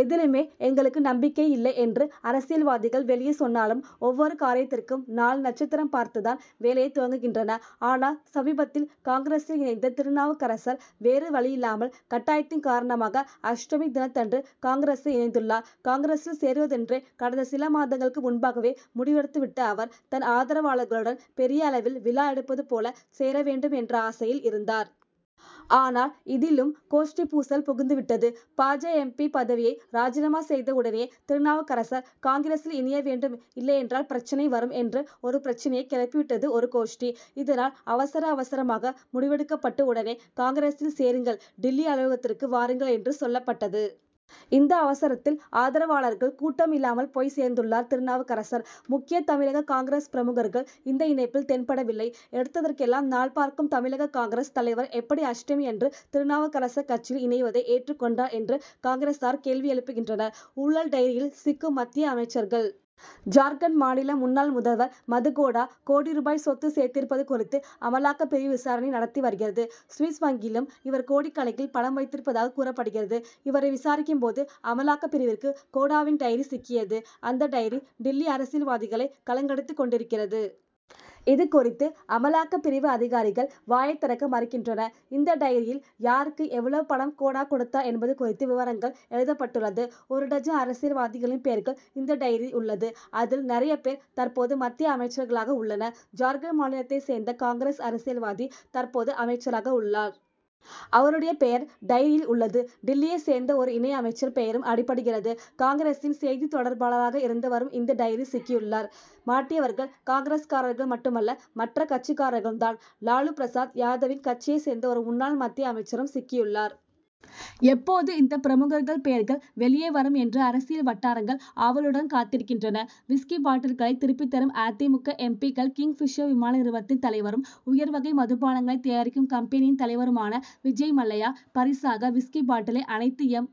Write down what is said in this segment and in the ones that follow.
எதிலுமே எங்களுக்கு நம்பிக்கையில்லை என்று அரசியல்வாதிகள் வெளியே சொன்னாலும், ஒவ்வொரு காரியத்திற்கும் நாள் நட்சத்திரம் பார்த்து தான் வேலையைத் துவங்குகின்றனர். ஆனால், சமீபத்தில் காங்கிரசில் இணைந்த திருநாவுக்கரசர் வேறு வழியில்லாமல் கட்டாயத்தின் காரணமாக அஷ்டமி தினத்தன்று காங்கிரசில் இணைந்துள்ளார். காங்கிரசில் சேருவதென்று கடந்த சில மாதங்களுக்கு முன்பாகவே முடிவெடுத்துவிட்ட அவர், தன் ஆதரவாளர்களுடன் பெரிய அளவில் விழா எடுப்பது போல சேர வேண்டும் என்ற ஆசையில் இருந்தார். ஆனால், இதிலும் கோஷ்டி பூசல் புகுந்துவிட்டது. பா. ஜ. எம். பி. பதவியை ராஜினாமா செய்த உடனேயே திருநாவுக்கரசர் காங்கிரசில் இணைய வேண்டும், இல்லையென்றால் பிரச்னை வரும் என்று ஒரு பிரச்னையை கிளப்பி விட்டது ஒரு கோஷ்டி. இதனால், அவசர அவசரமாக முடிவெடுக்கப்பட்டு உடனே காங்கிரசில் சேருங்கள், டில்லி அலுவலகத்திற்கு வாருங்கள் என்று சொல்லப்பட்டது. இந்த அவசரத்தில் ஆதரவாளர்கள் கூட்டம் இல்லாமல் போய்ச் சேர்ந்துள்ளார் திருநாவுக்கரசர். முக்கிய தமிழக காங்கிரஸ் பிரமுகர்கள் இந்த இணைப்பில் தென்படவில்லை. எடுத்ததற்கெல்லாம் நாள் பார்க்கும் தமிழக காங்கிரஸ் தலைவர் எப்படி அஷ்டமியன்று திருநாவுக்கரசர் கட்சியில் இணைவதை ஏற்றுக் கொண்டார்' என்று காங்கிரசார் கேள்வி எழுப்புகின்றனர். ஊழல் டைரியில் சிக்கும் மத்திய அமைச்சர்கள்? ஜார்க்கண்ட் மாநில முன்னாள் முதல்வர் மதுகோடா, கோடி ரூபாய் சொத்து சேர்த்திருப்பது குறித்து அமலாக்கப்பிரிவு விசாரணை நடத்தி வருகிறது. சுவிஸ் வங்கியிலும் இவர் கோடிக்கணக்கில் பணம் வைத்திருப்பதாக கூறப்படுகிறது. இவரை விசாரிக்கும் போது, அமலாக்கப்பிரிவிற்கு கோடாவின் டைரி சிக்கியது. அந்த டைரி டில்லி அரசியல்வாதிகளை கலங்கலடித்துக் கொண்டிருக்கிறது. இது குறித்து அமலாக்கப்பிரிவு அதிகாரிகள் வாயைத் திறக்க மறுக்கின்றனர். இந்த டைரியில் யாருக்கு எவ்வளவு பணம் கோடா கொடுத்தார் என்பது குறித்து விவரங்கள் எழுதப்பட்டுள்ளது. ஒரு டஜன் அரசியல்வாதிகளின் பெயர்கள் இந்த டைரியில் உள்ளது. அதில், நிறைய பேர் தற்போது மத்திய அமைச்சர்களாக உள்ளனர். ஜார்க்கண்ட் மாநிலத்தைச் சேர்ந்த காங்கிரஸ் அரசியல்வாதி தற்போது அமைச்சராக உள்ளார். அவருடைய பெயர் டைரியில் உள்ளது. டில்லியைச் சேர்ந்த ஒரு இணை அமைச்சர் பெயரும் அடிபடுகிறது. காங்கிரசின் செய்தி தொடர்பாளராக இருந்தவரும் இந்த டைரியில் சிக்கியுள்ளார். மாட்டியவர்கள் காங்கிரஸ்காரர்கள் மட்டுமல்ல, மற்ற கட்சிக்காரர்களும் தான். லாலு பிரசாத் யாதவின் கட்சியைச் சேர்ந்த ஒரு முன்னாள் மத்திய அமைச்சரும் சிக்கியுள்ளார். எப்போது இந்த பிரமுகர்கள் பெயர்கள் வெளியே வரும் என்று அரசியல் வட்டாரங்கள் ஆவலுடன் காத்திருக்கின்றன. விஸ்கி பாட்டில்களை திருப்பித் தரும் அ. தி. மு. க., எம். பி.,க்கள்கிங் பிஷர் விமான நிறுவனத்தின் தலைவரும், உயர் வகை மதுபானங்களைத் தயாரிக்கும் கம்பெனியின் தலைவருமான விஜய் மல்லையா, பரிசாக விஸ்கி பாட்டிலை அனைத்து எம்.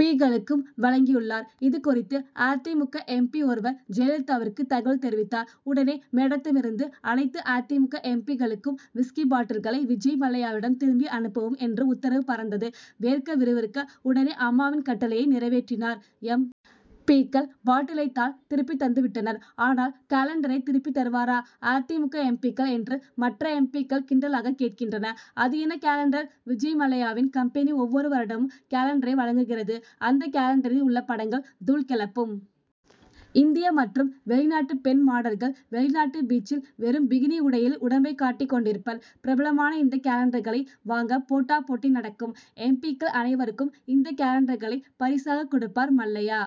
பி.,க்களுக்கும் வழங்கியுள்ளார். இது குறித்து அ. தி. மு. க., எம். பி., ஒருவர் ஜெயலலிதாவிற்கு தகவல் தெரிவித்தார். உடனே மேடத்திடமிருந்து அனைத்து அ. தி. மு. க., எம். பி.,க்களுக்கும் விஸ்கி பாட்டில்களை விஜய் மல்லையாவிடம் திருப்பி அனுப்பவும்' என்று உத்தரவு பறந்தது. வேர்க்க விறுவிறுக்க உடனே அம்மாவின் கட்டளையை நிறைவேற்றினர் எம். பி.,க்கள். பாட்டிலைத் தான் திருப்பித் தந்துவிட்டனர். ஆனால் காலண்டரைத் திருப்பித் தருவரா அ. தி. மு. க., எம். பி.,க்கள்? என்று மற்ற எம். பி.,க்கள் கிண்டலாகக் கேட்கின்றனர். அது என்ன காலண்டர். விஜய் மல்லையாவின் கம்பெனி ஒவ்வொரு வருடமும் காலண்டரை வழங்குகிறது. அந்த காலண்டரில் உள்ள படங்கள் தூள் கிளப்பும். இந்திய மற்றும் வெளிநாட்டு பெண் மாடல்கள் வெளிநாட்டு பீச்சில் வெறும் பிகினி உடையில் உடம்பைக் காட்டிக் கொண்டிருப்பர். பிரபலமான இந்த காலண்டர்களை வாங்க போட்டா போட்டி நடக்கும். எம். பி.,க்கள் அனைவருக்கும் இந்த காலண்டர்களை பரிசாகக் கொடுப்பார் மல்லையா.